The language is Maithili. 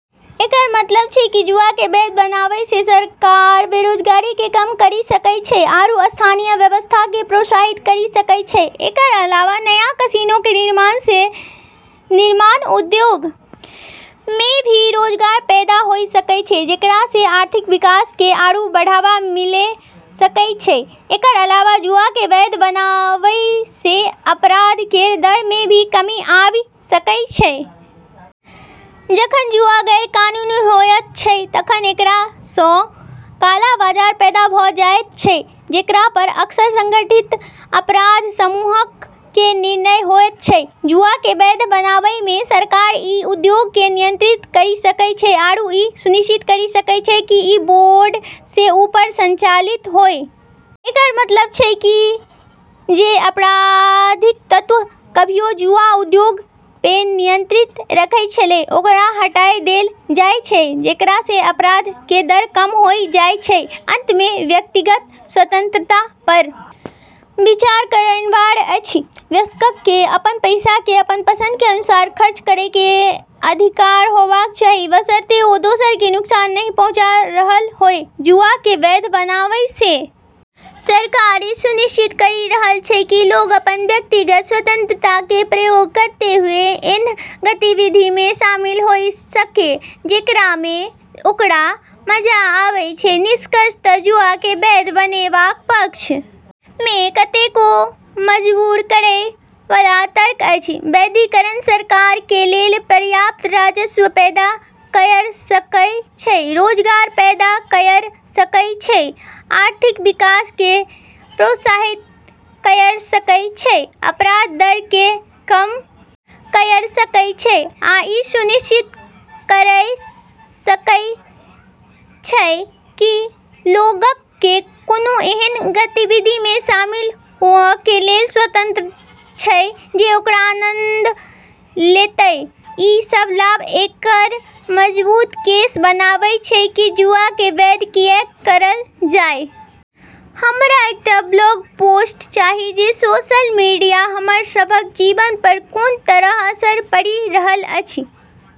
एकरऽ मतलब छै कि जुआ के वैध बनाबै से सरकार बेरोजगारी के कम करी सकै छै आरू स्थानीय अर्थव्यवस्था के प्रोत्साहित करी सकै छै, एकरऽ अलावा नया कैसिनो के निर्माण से निर्माण उद्योग मे भी रोजगार पैदा होय सकै छै जेकरा से आर्थिक विकास के आरू बढ़ावा मिले सकै छै, एकरऽ अलावा जुआ के वैध बनाबै से अपराध केरऽ दर मे भी कमी आबी सकै छै जखन जुआ गैरकानूनी होयत छै तखन एकरा सं काला बाजार पैदा भ जायत छै जेकरा पर अक्सर संगठित अपराध समूहक कें नियंत्रण होयत छै, जुआ के वैध बनाबै से सरकार ई उद्योग के नियंत्रित करी सकै छै आरू ई सुनिश्चित करी सकै छै कि ई बोर्ड से ऊपर संचालित होय। एकरऽ मतलब छै कि जे आपराधिक तत्व कभियो जुआ उद्योग पे नियंत्रण रखै छेलै ओकरा हटाय देलऽ जाय छै जेकरा से अपराध के दर कम होय जाय छै। अंत मे व्यक्तिगत स्वतंत्रता पर विचार करब अनिवार्य अछि, वयस्कक कें अपन पैसा कें अपन पसंद कें अनुसार खर्च करय कें अधिकार होबाक चाही, बशर्ते ओ दोसर कें नुकसान नहि पहुंचा रहल होय, जुआ के वैध बनाबै से सरकार ई सुनिश्चित करी रहलऽ छै कि लोग अपनऽ व्यक्तिगत स्वतंत्रता के प्रयोग करतें हुए ऐन्हऽ गतिविधि मे शामिल होय सके जेकरा मे ओकरा मजा आबै छै, निष्कर्षतः जुआ के वैध बनेबाक पक्ष में कतेको मजबूर करय बला तर्क अछि, वैधीकरण सरकारक कें लेल पर्याप्त राजस्व पैदा कयर सकय छै, रोजगार पैदा कयर सकय छै, आर्थिक विकास कें प्रोत्साहित कयर सकय छै, अपराध दर कें कम कयर सकय छै आ इ सुनिश्चित करय सकय छै की लोगक कें कोनों एहन गतिविधि मे शामिल हुअ कें लेल स्वतंत्र छै जे ओकरा आनंद लेतय, ई सब लाभ एकरऽ मजबूत केस बनाबै छै कि जुआ के वैध कियैक करलऽ जाय। हमरा एकटा ब्लॉग पोस्ट चाही जे सोशल मीडिया हमर सभक जीवन पर कोन तरहक असर पड़ि रहल अछि।